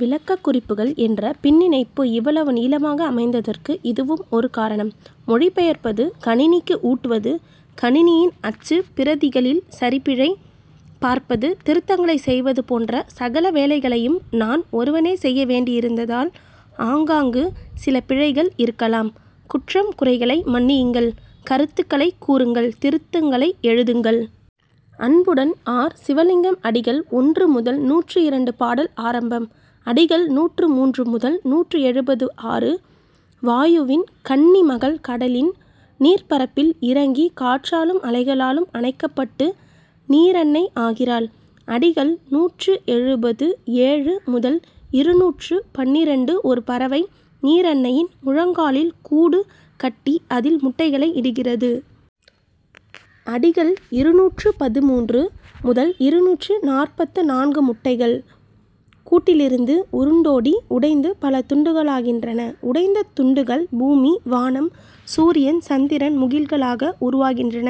விளக்கக் குறிப்புகள் என்ற பின்னிணைப்பு இவ்வளவு நீளமாக அமைந்ததற்கு இதுவும் ஒரு காரணம். மொழிபெயர்ப்பது கணினிக்கு ஊட்டுவது கணினியின் அச்சுப் பிரதிகளில் சரிபிழை பார்ப்பது திருத்தங்களை செய்வது போன்ற சகல வேலைகளையும் நான் ஒருவனே செய்ய வேண்டியிருந்ததால் ஆங்காங்கு சில பிழைகள் இருக்கலாம். குற்றம் குறைகளை மன்னியுங்கள் கருத்துகளைக் கூறுங்கள் திருத்தங்களை எழுதுங்கள். அன்புடன் ஆர். சிவலிங்கம் அடிகள் ஒன்று முதல் நூற்று இரண்டு பாடல் ஆரம்பம். அடிகள் நூற்று மூன்று முதல் நூற்று எழுபது ஆறு வாயுவின் கன்னிமகள் கடலின் நீர்ப் பரப்பில் இறங்கி காற்றாலும் அலைகளாலும் அணைக்கப்பட்டு நீரன்னை ஆகிறாள். அடிகள் நூற்று எழுபது ஏழு முதல் இருநூற்று பன்னிரண்டு ஒரு பறவை நீரன்னையின் முழங்காலில் கூடு கட்டி அதில் முட்டைகளை இடுகிறது. அடிகள் இருநூற்று பதிமூன்று முதல் இருநூற்று நாற்பத்து நான்கு முட்டைகள் கூட்டிலிருந்து உருண்டோடி உடைந்து பல துண்டுகளாகின்றன உடைந்த துண்டுகள் பூமி வானம் சூரியன் சந்திரன் முகில்களாக உருவாகின்றன.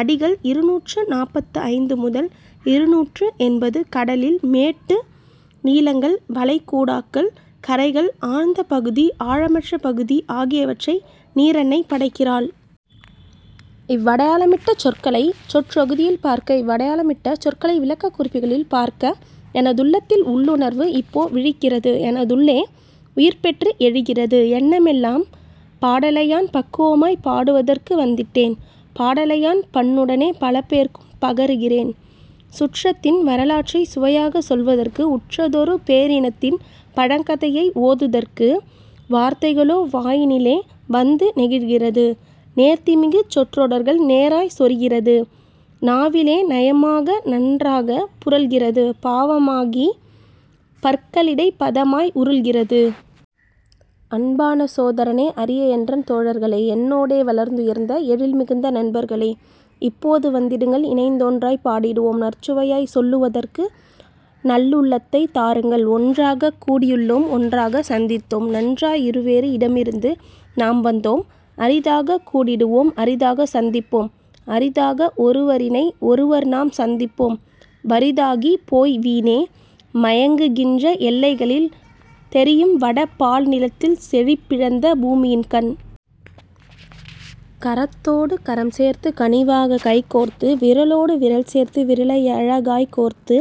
அடிகள் இருநூற்று நாற்பத்து ஐந்து முதல் இருநூற்று எண்பது கடலில் மேட்டு நிலங்கள் வளைகுடாக்கள் கரைகள் ஆழ்ந்த பகுதி ஆழமற்ற பகுதி ஆகியவற்றை நீரன்னை படைக்கிறாள். இவ்வடையாளமிட்ட சொற்களை சொற்றொகுதியில் பார்க்க இவ்வடையாளமிட்ட சொற்களை விளக்கக் குறிப்புகளில் பார்க்க எனதுள்ளத்தில் உள்ளுணர்வு இப்போ விழிக்கிறது எனதுள்ளே உயிர்பெற்று எழுகிறது எண்ணமெல்லாம் பாடலையான் பக்குவமாய்ப் பாடுவதற்கு வந்திட்டேன் பாடலையான் பண்ணுடனே பலபேர்க்கும் பகருகிறேன் சுற்றத்தின் வரலாற்றைச் சுவையாகச் சொல்வதற்கு உற்றதொரு பேரினத்தின் பழங்கதையை ஓதுதற்கு வார்த்தைகளோ வாயினிலே வந்து நெகிழ்கிறது நேர்த்திமிகு சொற்றொடர்கள் நேராய்ச் சொரிகிறது நாவிலே நயமாக நன்றாகப் புரள்கிறது பாவாகிப் பற்களிடைப் பதமாய் உருள்கிறது. அன்பான சோதரனே அரியஎன்றன் தோழர்களே என்னோடே வளர்துயர்ந்த எழில்மிகுந்த நண்பர்களே இப்போது வந்திடுங்கள் இணைந்தொன்றாயப் பாடிடுவோம் நற்சுவையாய்ச் சொல்லுதற்கு நல்லுள்ளத்தைத் தாருங்கள் ஒன்றாகக் கூடியுள்ளோம் ஒன்றாகச் சந்தித்தோம் நன்றாய் இருவேறு இடமிருந்து நாம் வந்தோம் அரிதாகக் கூடிடுவோம் அரிதாகச் சந்திப்போம் அரிதாக ஒருவரினை ஒருவர்நாம் சந்திப்போம் வறிதாகிப் போய்வீணே மயங்குகின்ற எல்லைகளில் தெரியும்வட பால்நிலத்தில் செழிப்பிழந்த பூமியின்கண். கரத்தோடு கரம்சேர்த்துக் கனிவாகக் கைகோர்த்து விரலோடு விரல்சேர்த்து விரலையழ காய்க்கோர்த்து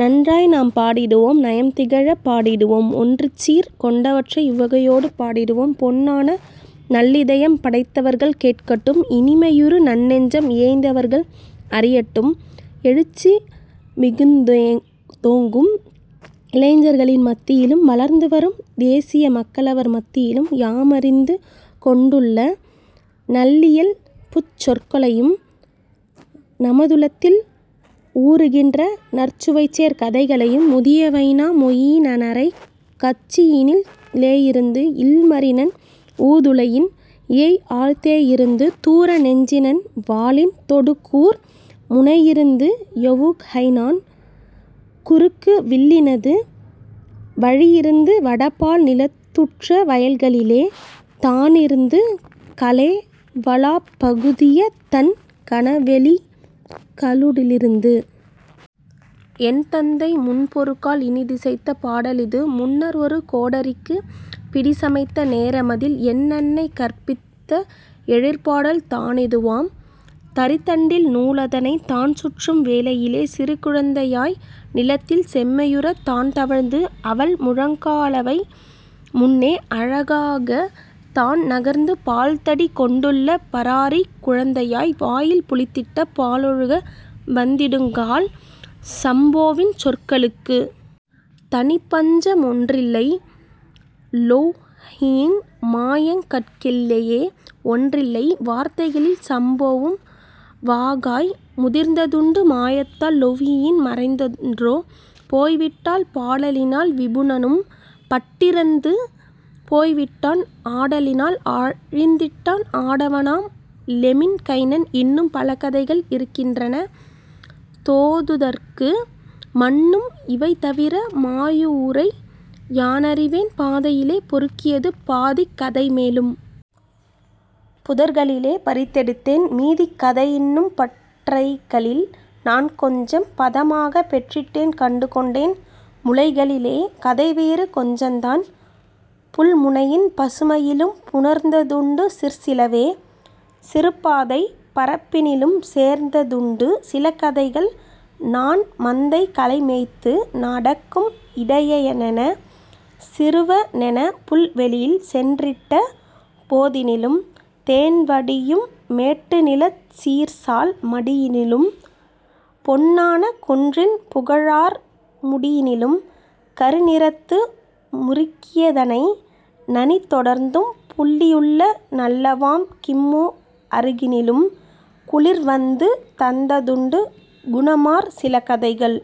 நன்றாய்நாம் பாடிடுவோம் நயம்திகழப் பாடிடுவோம் ஒன்றிச்சீர் கொண்டவற்றை உவகையோடு பாடிடுவோம் பொன்னான நல்லிதயம் படைத்தவர்கள் கேட்கட்டும் இனிமையுறு நன்நெஞ்சம் இயைந்தவர்கள் அறியட்டும் எழுச்சி மிகுந்தோங்கும் இளைஞர்களின் மத்தியிலும் வளர்ந்துவரும் தேசிய மக்களவர் மத்தியிலும் யாமறிந்து கொண்டுள்ள நல்லியல்புச் சொற்களையும் நமதுளத்தில் ஊறுகின்ற நற்சுவைசேர் கதைகளையும் முதியவைனா மொயினனரைக் கச்சணியில்ேயிருந்து இல்மரினன் ஊதுலையின் இயைஆழ்த்தேயிருந்து தூரநெஞ்சினன் வாளின் தொடுகூர் முனையிருந்து யொவுகாஹைநன் குறுக்கு வில்லினது வழியிருந்து வடபால் நிலத்துற்ற வயல்களிலே தானிருந்து கலேவலாப் பகுதியதன் கனவெளிகளுடிருந்து. என்தந்தை முன்பொருகால் இனிதிசைத்த பாடலிது முன்னர்ஒரு கோடரிக்குப் பிடிசமைத்த நேரமதில் என்அன்னை கற்பித்த எழிற்பாடல் தானிதுவாம் தறித்தண்டில் நூலதனைத் தான்சுற்றும் வேளையிலே சிறுகுழந்தையாய் நிலத்தில் செம்மையுறத் தான்தவழ்ந்து அவள்முழங்காலவைமுன்னே அழகாகத் தான்நகர்ந்து பால்தாடி கொண்டுள்ள பராரிக் குழந்தையதாய் வாயில் புளித்திட்ட பாலொழுக வந்திடுங்கால். சம்போவின் சொற்களுக்குத் தனிப்பஞ்ச மொன்றில்லை லொவ்ஹியின் மாயங்கட்கெல்லையே ஒன்றில்லை: வார்த்தைகளில் சம்போவும் வாகாய் முதிர்ந்ததுண்டு மாயத்தால் லொவ்ஹியும் மறைந்தன்றோ போய்விட்டாள் பாடலினால் விபுனனும் பட்டிறந்து போய்விட்டான் ஆடலினால் அழிந்திட்டான் ஆடவனாம் லெமின்கைனன் இன்னும் பலகதைகள் இருக்கின்ற தோதுதற்கு மன்னும் இவைதவிர மாயவுரை யானறிவேன் பாதையிலே பொறுக்கியது பாதிக் கதைமேலும் புதர்களிலே பறித்தெடுத்தேன் மீதிக் கதையின்னும் பற்றைகளில் நான்கொஞ்சம் பதமாகப் பெற்றிட்டேன் கண்டுகொண்டேன் முளைகளிலே கதைவேறு கொஞ்சந்தான் புல்முனையின் பசுமையிலும் புணர்ந்ததுண்டு சிற்சிலவே சிறுப்பாதைப் பரப்பினிலும் சேர்ந்ததுண்டு சிலகதைகள் நான்மந்தைகலைமேய்த்து நடக்கும் இடையனென சிறுவனெனப் புல்வெளியில் சென்றிட்ட போதினிலும் தேன்வடியும் மேட்டுநிலச் சீர்சால் மடியினிலும் பொன்னான குன்றின் புகழார் முடியினிலும் கருநிறத்து முரிக்கியதனை நனிதொடர்ந்தும் புள்ளியுள்ள நல்லாவாம் கிம்மோ அருகினிலும். குளிர்வந்து தந்ததுண்டு குணமார் சிலகதைகள்